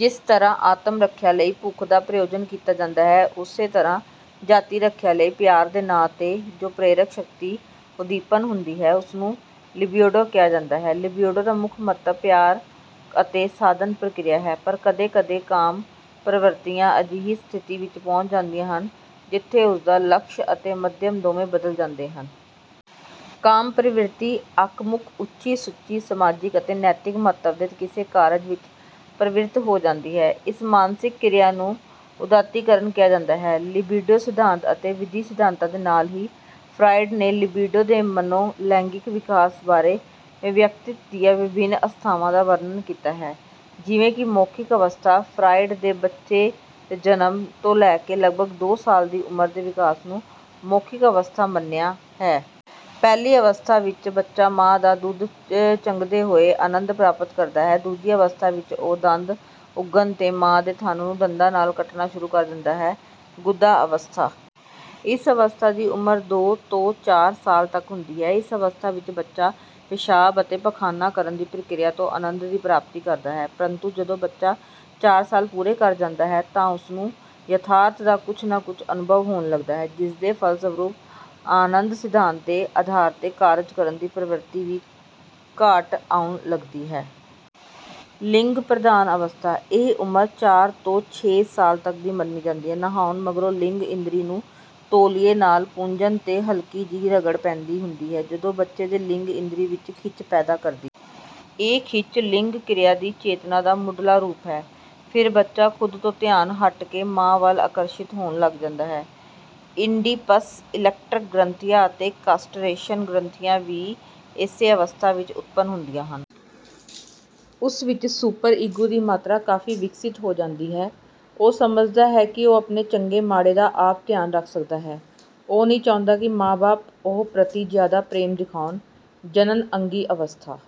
ਜਿਸ ਤਰ੍ਹਾਂ ਆਤਮ-ਰੱਖਿਆ ਲਈ ਭੁੱਖ ਦਾ ਪ੍ਰਯੋਜਨ ਕੀਤਾ ਜਾਂਦਾ ਹੈ। ਉਸੇ ਤਰ੍ਹਾਂ ਜਾਤੀ ਰੱਖਿਆ ਲਈ ਪਿਆਰ ਦੇ ਨਾਂ ਤੇ ਜੋ ਪ੍ਰੇਰਕ ਸ਼ਕਤੀ ਉੱਦੀਪਨ ਹੁੰਦੀ ਹੈ ਉਸਨੂੰ ਲਿਬਿਡੋ ਕਿਹਾ ਗਿਆ ਹੈ। ਲਿਬਿਡੋ ਦਾ ਮੁੱਖ ਮੰਤਵ ਪਿਆਰ ਅਤੇ ਸਾਧਨ ਪ੍ਰਕਿਰਿਆ ਹੈ ਪਰ ਕਦੇ-ਕਦੇ ਕਾਮ ਪ੍ਰਵਿਰਤੀਆਂ ਅਜਿਹੀ ਸਥਿਤੀ ਵਿੱਚ ਪਹੁੰਚ ਜਾਂਦੀਆਂ ਹਨ ਜਿੱਥੇ ਉਸਦਾ ਲਕਸ਼ ਅਤੇ ਮਾਧਿਅਮ ਦੋਵੇਂ ਬਦਲ ਜਾਂਦੇ ਹਨ। ਕਾਮ ਪ੍ਰਵਿਰਤੀ ਅਕਾਮੁਕ, ਉੱਚੀ-ਸੁੱਚੀ, ਸਮਾਜਿਕ ਅਤੇ ਨੈਤਿਕ ਮਹੱਤਵ ਦੇ ਕਿਸੇ ਕਾਰਜ ਵਿੱਚ ਪ੍ਰਵਿਰਤ ਹੋ ਜਾਂਦੀ ਹੈ। ਇਸ ਮਾਨਸਿਕ ਕ੍ਰਿਆ ਨੂੰ ਉਦਾਤੀਕਰਨ ਕਿਹਾ ਜਾਂਦਾ ਹੈ। ਲਿਬਿਡੋ ਸਿਧਾਂਤ ਅਤੇ ਵ੍ਰਿਤੀ ਸਿਧਾਂਤਾਂ ਦੇ ਨਾਲ ਹੀ ਫਰਾਇਡ ਨੇ ਲਿਬਿਡੋ ਦੇ ਮਨੋ-ਲੈਂਗਿਕ ਵਿਕਾਸ ਬਾਰੇ ਵਿਅਕਤਿਤ੍ਵ ਦੀਆਂ ਵਿਭਿੰਨ ਅਵਸਥਾਵਾਂ ਦਾ ਵਰਣਨ ਕੀਤਾ ਹੈ: ਜਿਵੇਂ ਕਿ ਮੌਖਿਕ ਅਵਸਥਾ: ਫਰਾਇਡ ਨੇ ਬੱਚੇ ਦੇ ਜਨਮ ਤੋਂ ਲੈ ਕੇ ਲਗਭਗ ਦੋ ਸਾਲ ਦੀ ਉਮਰ ਦੇ ਵਿਕਾਸ ਨੂੰ ਮੌਖਿਕ ਅਵਸਥਾ ਮੰਨਿਆ ਹੈ। ਪਹਿਲੀ ਅਵਸਥਾ ਵਿੱਚ ਬੱਚਾ ਮਾਂ ਦਾ ਦੁੱਧ ਚੰਘਦੇ ਹੋਏ ਆਨੰਦ ਪ੍ਰਾਪਤ ਕਰਦਾ ਹੈ। ਦੂਜੀ ਅਵਸਥਾ ਵਿੱਚ ਉਹ ਦੰਦ ਉਗਣ 'ਤੇ ਮਾਂ ਦੇ ਥਨ ਨੂੰ ਦੰਦਾਂ ਨਾਲ ਕੱਟਣਾ ਸ਼ੁਰੂ ਕਰ ਦਿੰਦਾ ਹੈ। ਗੁਦਾ ਅਵਸਥਾ: ਇਸ ਅਵਸਥਾ ਦੀ ਉਮਰ ਦੋ ਤੋਂ ਚਾਰ ਸਾਲ ਤੱਕ ਦੀ ਹੁੰਦੀ ਹੈ, ਇਸ ਅਵਸਥਾ ਵਿੱਚ ਬੱਚਾ ਪਿਸ਼ਾਬ ਅਤੇ ਪਖਾਨਾ ਕਰਨ ਦੀ ਪ੍ਰਕਿਰਿਆ ਤੋਂ ਆਨੰਦ ਦੀ ਪ੍ਰਾਪਤੀ ਕਰਦਾ ਹੈ, ਪ੍ਰੰਤੂ ਜਦੋਂ ਬੱਚਾ ਚਾਰ ਸਾਲ ਪੂਰੇ ਕਰ ਜਾਂਦਾ ਹੈ ਤਾਂ ਉਸਨੂੰ ਯਥਾਰਥ ਦਾ ਕੁੱਝ ਨਾ ਕੁੱਝ ਅਨੁਭਵ ਹੋਣ ਲੱਗਦਾ ਹੈ ਜਿਸਦੇ ਫਲਸਰੂਪ ਆਨੰਦ ਸਿਧਾਂਤ ਦੇ ਆਧਾਰ ਤੇ ਕਾਰਜ ਕਰਨ ਦੀ ਪ੍ਰਵਿਰਤੀ ਵਿੱਚ ਘਾਟ ਆਉਣ ਲੱਗਦੀ ਹੈ। ਲਿੰਗ ਪ੍ਰਧਾਨ ਅਵਸਥਾ: ਇਹ ਉਮਰ ਚਾਰ ਤੋਂ ਛੇ ਸਾਲ ਤੱਕ ਦੀ ਮੰਨੀ ਜਾਂਦੀ ਹੈ। ਨਹਾਉਣ ਮਗਰੋਂ ਲਿੰਗ ਇੰਦਰੀ ਨੂੰ ਤੋਲੀਏ ਨਾਲ ਪੂੰਝਣ ਤੇ ਹਲਕੀ ਜਿਹੀ ਰਗੜ ਪੈਦਾ ਹੁੰਦੀ ਹੈ ਜੋ ਬੱਚੇ ਦੀ ਲਿੰਗ ਇੰਦਰੀ ਵਿੱਚ ਖਿੱਚ ਪੈਦਾ ਕਰਦੀ ਹੈ। ਇਹ ਖਿੱਚ ਲਿੰਗ ਕ੍ਰਿਆ ਦੀ ਚੇਤਨਾ ਦਾ ਮੁੱਢਲਾ ਰੂਪ ਹੈ। ਫਿਰ ਬੱਚਾ ਖ਼ੁਦ ਤੋਂ ਧਿਆਨ ਹੱਟ ਕੇ ਮਾਂ ਵੱਲ ਆਕਰਸ਼ਿਤ ਹੋਣ ਲੱਗ ਜਾਂਦਾ ਹੈ। ਇਡੀਪਸ, ਇਲੈਕਟ੍ਰਾ ਗ੍ਰੰਥੀਆਂ ਅਤੇ ਕਾਸਟਰੇਸ਼ਨ ਗ੍ਰੰਥੀਆਂ ਵੀ ਇਸੇ ਅਵਸਥਾ ਵਿੱਚ ਉਤਪੰਨ ਹੁੰਦੀਆਂ ਹਨ। ਉਸ ਵਿੱਚ ਸੁਪਰ-ਈਗੋ ਦੀ ਮਾਤਰਾ ਕਾਫੀ ਵਿਕਸਿਤ ਹੋ ਜਾਂਦੀ ਹੈ। ਉਹ ਸਮਝਦਾ ਹੈ ਕਿ ਉਹ ਆਪਣੇ ਚੰਗੇ-ਮਾੜੇ ਦਾ ਆਪ ਧਿਆਨ ਰੱਖ ਸਕਦਾ ਹੈ, ਉਹ ਨਹੀਂ ਚਾਹੁੰਦਾ ਕਿ ਮਾਂ-ਬਾਪ ਉਹ ਪ੍ਰਤੀ ਜ਼ਿਆਦਾ ਪ੍ਰੇਮ ਦਿਖਾਉਣ। ਜਣਨਅੰਗੀ ਅਵਸਥਾ: